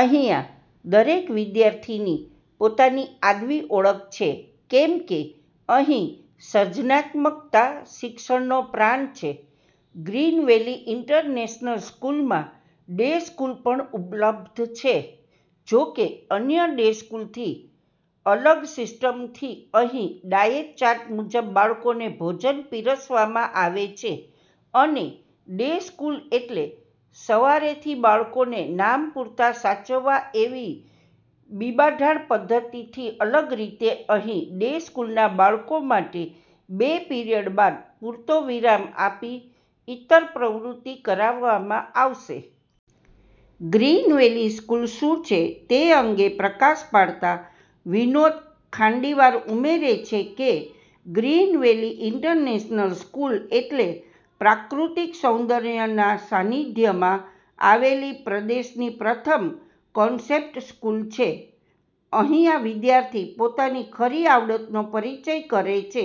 અહીંયા દરેક વિદ્યાર્થીની પોતાની આગવી ઓળખ છે કેમ કે અહીં સર્જનાત્મકતા શિક્ષણનો પ્રાણ છે. ગ્રીનવેલી ઇન્ટરનેશનલ સ્કૂલમાં ડે સ્કૂલ પણ ઉપલબ્ધ છે જો કે, અન્ય ડે સ્કૂલથી અલગસિસ્ટમથી અહીં ડાયેટ ચાર્ટ મુજબબાળકોને ભોજન પીરસવમાં આવે છે અને ડે સ્કૂલ એટલે સવારેથીબાળકોને નામ પૂરતા સાચવવા એવી બિંબાઢાળ પદ્ધતિથી અલગ રીતે અહીં ડે સ્કૂલના બાળકો માટે બે પિરિયડ બાદ પૂરતો વિરામ આપી ઇતર પ્રવૃત્તિ કરાવવામાં આવશે. ગ્રીનવેલી સ્કૂલ શુ છે તે અંગે પ્રકાશ પાડતા વિનોદ ખાંડીવાર ઉમેરે છે કે, ગ્રીન વેલી ઇન્ટરનેશનલ સ્કુલ એટલે પ્રાકૃતિક સૌદર્યનાં સાનિધ્યમાં આવેલીપ્રદેશની પ્રથમ 'કોન્સેપ્ટ સ્કૂલ' છે. અહિયાં વિદ્યાર્થી પોતાની ખરી આવડતનો પરિચય કરે છે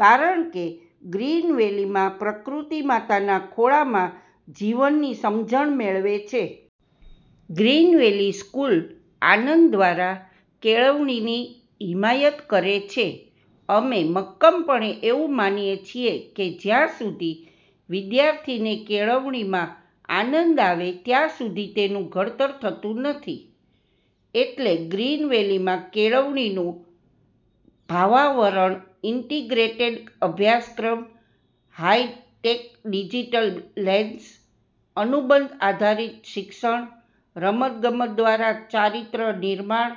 કારણ કેગ્રીન વેલીમાં પ્રકૃતિમાતાના ખોળામાં જીવનની સમજણ મેળવે છે. ગ્રીન વેલી સ્કુલ આનંદ દ્વારા કેળવણીની હિમાયત કરે છે. અમે મક્કમપણે એવું માનીએ છીએ કે જયાં સુધી વિદ્યાર્થીને કેળવણીમાં આનંદઆવે ત્યાં સુધી તેનું ઘડતર થતું નથી. એટલેગ્રીન વેલીમાં કેળવણીનું ભાવાવરણ, ઇન્ટીગ્રેટેડ અભ્યાસક્રમ, હાઇ-ટેક ડીજીટલ લેન્સ, અનુબંધ આધારિત શિક્ષણ, રમત-ગમત દ્રારા ચારિત્ર નિર્માણ,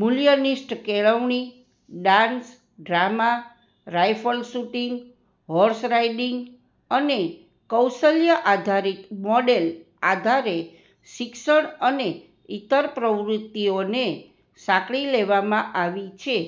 મુલ્યનિષ્ઠ કેળવણી, dance, drama, rifle shooting, horse riding અને કૌશલ્ય-આધારિત મોડેલ આધારે શિક્ષણ અને ઇતર પ્રવૃત્તિઓને સાંકળી લેવામાં આવી છે.